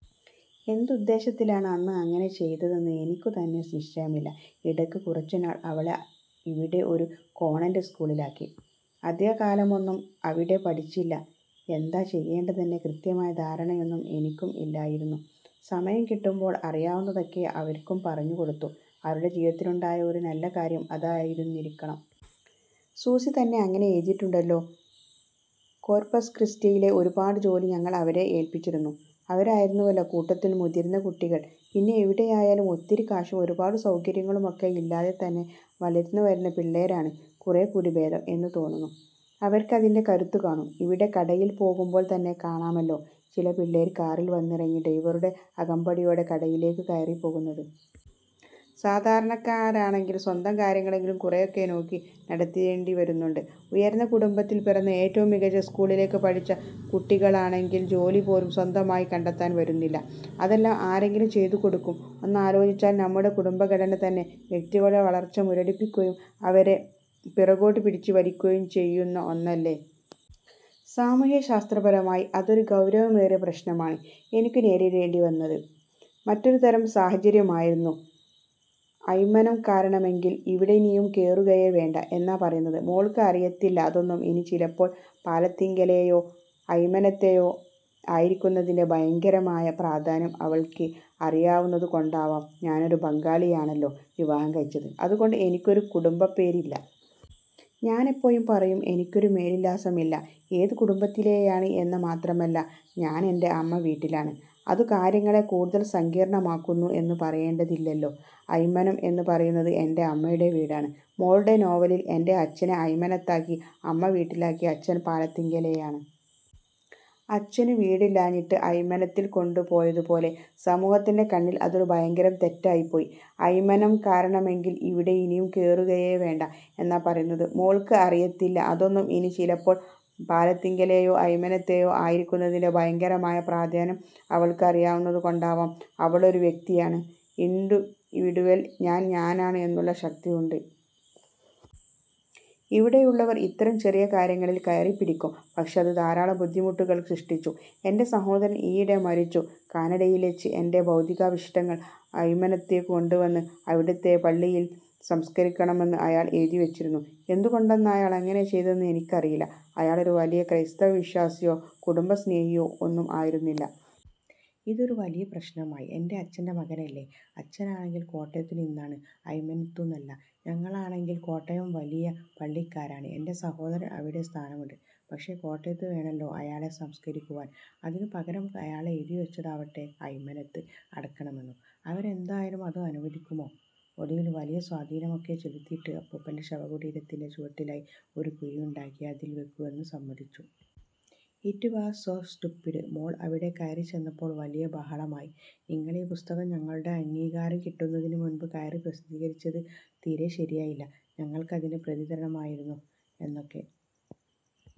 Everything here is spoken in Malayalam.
എന്തുദ്ദേശത്തിലാണ് അന്ന് അങ്ങനെ ചെയ്തതെന്ന് എനിക്കുതന്നെ നിശ്ചയമില്ല. ഇടയ്ക്ക് കുറച്ചുനാള് അവളെ ഇവിടെ ഒരു കോണ്വെന്റ് സ്കൂളിലാക്കി. അധികകാലമൊന്നും അവിടെ പഠിച്ചില്ല. എന്താ ചെയ്യേണ്ടതെന്ന കൃത്യമായ ധാരണയൊന്നും എനിക്കും ഇല്ലായിരുന്നു. സമയം കിട്ടുമ്പോള് അറിയാവുന്നതൊക്കെ അവര്ക്കു പറഞ്ഞുകൊടുത്തു. അവരുടെ ജീവിതത്തിലുണ്ടായ ഒരു നല്ല കാര്യം അതായിരുന്നിരിക്കണം. സൂസി തന്നെ അങ്ങനെ എഴുതിയിട്ടുണ്ടല്ലോ. കോര്പ്പസ്ക്രിസ്റ്റിയിലെ ഒരുപാട് ജോലി ഞങ്ങള് അവരെ ഏല്പിച്ചിരുന്നു. അവരായിരുന്നുവല്ലോ കൂട്ടത്തില് മുതിര്ന്ന കുട്ടികള്. പിന്നെ എവിടെയായാലും ഒത്തിരി കാശും ഒരുപാട് സൗകര്യങ്ങളും ഒക്കെ ഇല്ലാതെ തന്നെ വളര്ന്നുവരുന്ന പിള്ളേരാണ് കുറേക്കൂടി ഭേദം എന്നു തോന്നുന്നു. അവര്ക്കതിന്റെ കരുത്ത് കാണും. ഇവിടെ കടയില് പോകുമ്പോള് തന്നെ കാണാമല്ലോ ചില പിള്ളേര് കാറില് വന്നിറങ്ങി ഡ്രൈവറുടെ അകമ്പടിയോടെ കടയിലേക്കു കയറിപ്പോകുന്നത്. സാധാരണക്കാര്ക്കാണെങ്കില് സ്വന്തം കാര്യങ്ങളെങ്കിലും കുറേയൊക്കെ നോക്കി നടത്തേണ്ടിവരുന്നുണ്ട്. 'ഉയര്ന്ന' കുടുംബത്തില് പിറന്ന് ഏറ്റവും മികച്ച സ്കൂളുകളില് പഠിച്ച കുട്ടികള്ക്കാണെങ്കില് ജോലിപോലും സ്വന്തമായി കണ്ടെത്തേണ്ടി വരുന്നില്ല. അതെല്ലാം ആരെങ്കിലും ചെയ്തുകൊടുക്കും. ഒന്നാലോചിച്ചാല്, നമ്മുടെ കുടുംബഘടന തന്നെ വ്യക്തികളുടെ വളര്ച്ച മുരടിപ്പിക്കുകയും അവരെ പിറകോട്ടു പിടിച്ചു വലിക്കുകയും ചെയ്യുന്ന ഒന്നല്ലേ? സാമൂഹ്യശാസ്ത്രപരമായി അതൊരു ഗൗരവമേറിയ പ്രശ്നമാണ്. എനിക്കു നേരിടേണ്ടിവന്നത് മറ്റൊരുതരം സാഹചര്യമായിരുന്നു. 'അയ്മനം'കാരാണെങ്കില് ''ഇവിടിനിയും കേറുകയേ വേണ്ട'' എന്നാ പറയുന്നത്. മോള്ക്ക് അറിയത്തില്ല അതൊന്നും. ഇനി ചിലപ്പോള് 'പാലത്തിങ്കലെ'യോ 'അയ്മന'ത്തെയോ ആയിരിക്കുന്നതിന്റെ 'ഭയങ്കരമായ' പ്രാധാന്യം അവള്ക്ക് അറിയാവുന്നതുകൊണ്ടുമാവാം ഞാനൊരു ബംഗാളിയെയാണല്ലോ വിവാഹം കഴിച്ചത്. അതുകൊണ്ട് എനിക്കൊരു കുടംബപ്പേര് ഇല്ല. ഞാനെപ്പോഴും പറയും ''എനിക്കൊരു മേല്വിലാസം ഇല്ല. '' ഏതു കുടുംബത്തിലേയാണ്? എന്നു മാത്രമല്ല, ഞാനെന്റെ അമ്മ വീട്ടിലാണ്. അതു കാര്യങ്ങളെ കൂടുതല് സങ്കീര്ണ്ണമാക്കുന്നു എന്നു പറയേണ്ടതില്ലല്ലോ. 'അയ്മനം' എന്നു പറയുന്നത് എന്റെ അമ്മയുടെ വീടാണ്. മോളുടെ നോവലില് എന്റെ അച്ഛനെ അയ്മനത്താക്കി അമ്മവീട്ടിലാക്കി. അച്ഛന് പാലത്തിങ്കലേയാണ്. അച്ഛനു വീടില്ലാഞ്ഞിട്ട് അയ്മനത്തില് കൊണ്ടുപോയതുപോലെ. സമൂഹത്തിന്റെ കണ്ണില് അതൊരു ഭയങ്കര തെറ്റായിപ്പോയി. 'അയ്മനം'കാരാണെങ്കില് ''ഇവിടിനിയും കേറുകയേ വേണ്ട'' എന്നാ പറയുന്നത്. മോള്ക്ക് അറിയത്തില്ല അതൊന്നും. ഇനി ചിലപ്പോള് 'പാലത്തിങ്കലെ'യോ 'അയ്മന'ത്തെയോ ആയിരിക്കുന്നതിന്റെ 'ഭയങ്കരമായ' പ്രാധാന്യം അവള്ക്ക് അറിയാവുന്നതുകൊണ്ടുമാവാം. അവളൊരു വ്യക്തിയാണ്, ആന് ഇന്ഡിവിഡുവല്. ഞാന് ഞാനാണ് എന്നുള്ള ശക്തിയുണ്ട്. ഇവിടെയുള്ളവര് ഇത്തരം ചെറിയ കാര്യങ്ങളില് കയറിപ്പിടിക്കും. പക്ഷേ, അത് ധാരാളം ബുദ്ധിമുട്ടുകള് സൃഷ്ടിച്ചു. എന്റെ സഹോദരന് ഈയിടെ മരിച്ചു. കാനഡയില്വെച്ച്. 'എന്റെ ഭൗതികാവശിഷ്ടങ്ങള് അയ്മനത്തുകൊണ്ടുവന്ന് അവിടുത്തെ പള്ളിയില് സംസ്കരിക്കണമെന്ന്' അയാള് എഴുതിവെച്ചിരുന്നു. എന്തുകൊണ്ടാണയാളങ്ങനെ ചെയ്തതെന്ന് എനിക്കറിയില്ല. അയാളൊരു വലിയ ക്രൈസ്തവ വിശ്വാസിയോ 'കുടുംബ സ്നേഹിയോ' ഒന്നും ആയിരുന്നില്ല. ഇതൊരു വലിയ പ്രശ്നമായി. എന്റെ അച്ഛന്റെ മകനല്ലേ? അച്ഛനാണെങ്കില് കോട്ടയത്തു നിന്നാണ്, അയ്മനത്തൂന്നല്ല. ഞങ്ങളാണെങ്കില് കോട്ടയം വലിയ പള്ളിക്കാരാണ്. എന്റെ സഹോദരന് അവിടെ സ്ഥാനമുണ്ട്. പക്ഷേ, കോട്ടയത്തു വേണല്ലോ അയാളെ സംസ്കരിക്കുവാന്. അതിനു പകരം അയാളെഴുതി വെച്ചതാവട്ടെ അയ്മനത്ത് അടക്കണമെന്നും! അവരെന്തായാലും അത് അനുവദിക്കുമോ? ഒടുവില് വലിയ സ്വാധീനമൊക്കെ ചെലുത്തിയിട്ട് അപ്പൂപ്പന്റെ ശവകുടീരത്തിന്റെ ചുവട്ടിലായി ഒരു കുഴിയുണ്ടാക്കി അതില് വെക്കുവാന് സമ്മതിച്ചു. It was so stupid. മോള് അവിടെ കയറിച്ചെന്നപ്പോള് വലിയ ബഹളമായി. ''നിങ്ങളീ പുസ്തകം ഞങ്ങളുടെ അംഗീകാരം കിട്ടുന്നതിനു മുന്പു കയറി പ്രസിദ്ധീകരിച്ചത് തീരെ ശരിയായില്ല. ഞങ്ങള്ക്ക് അതിന്റെ പ്രതി തരണമായിരുന്നു''- എന്നൊക്കെ.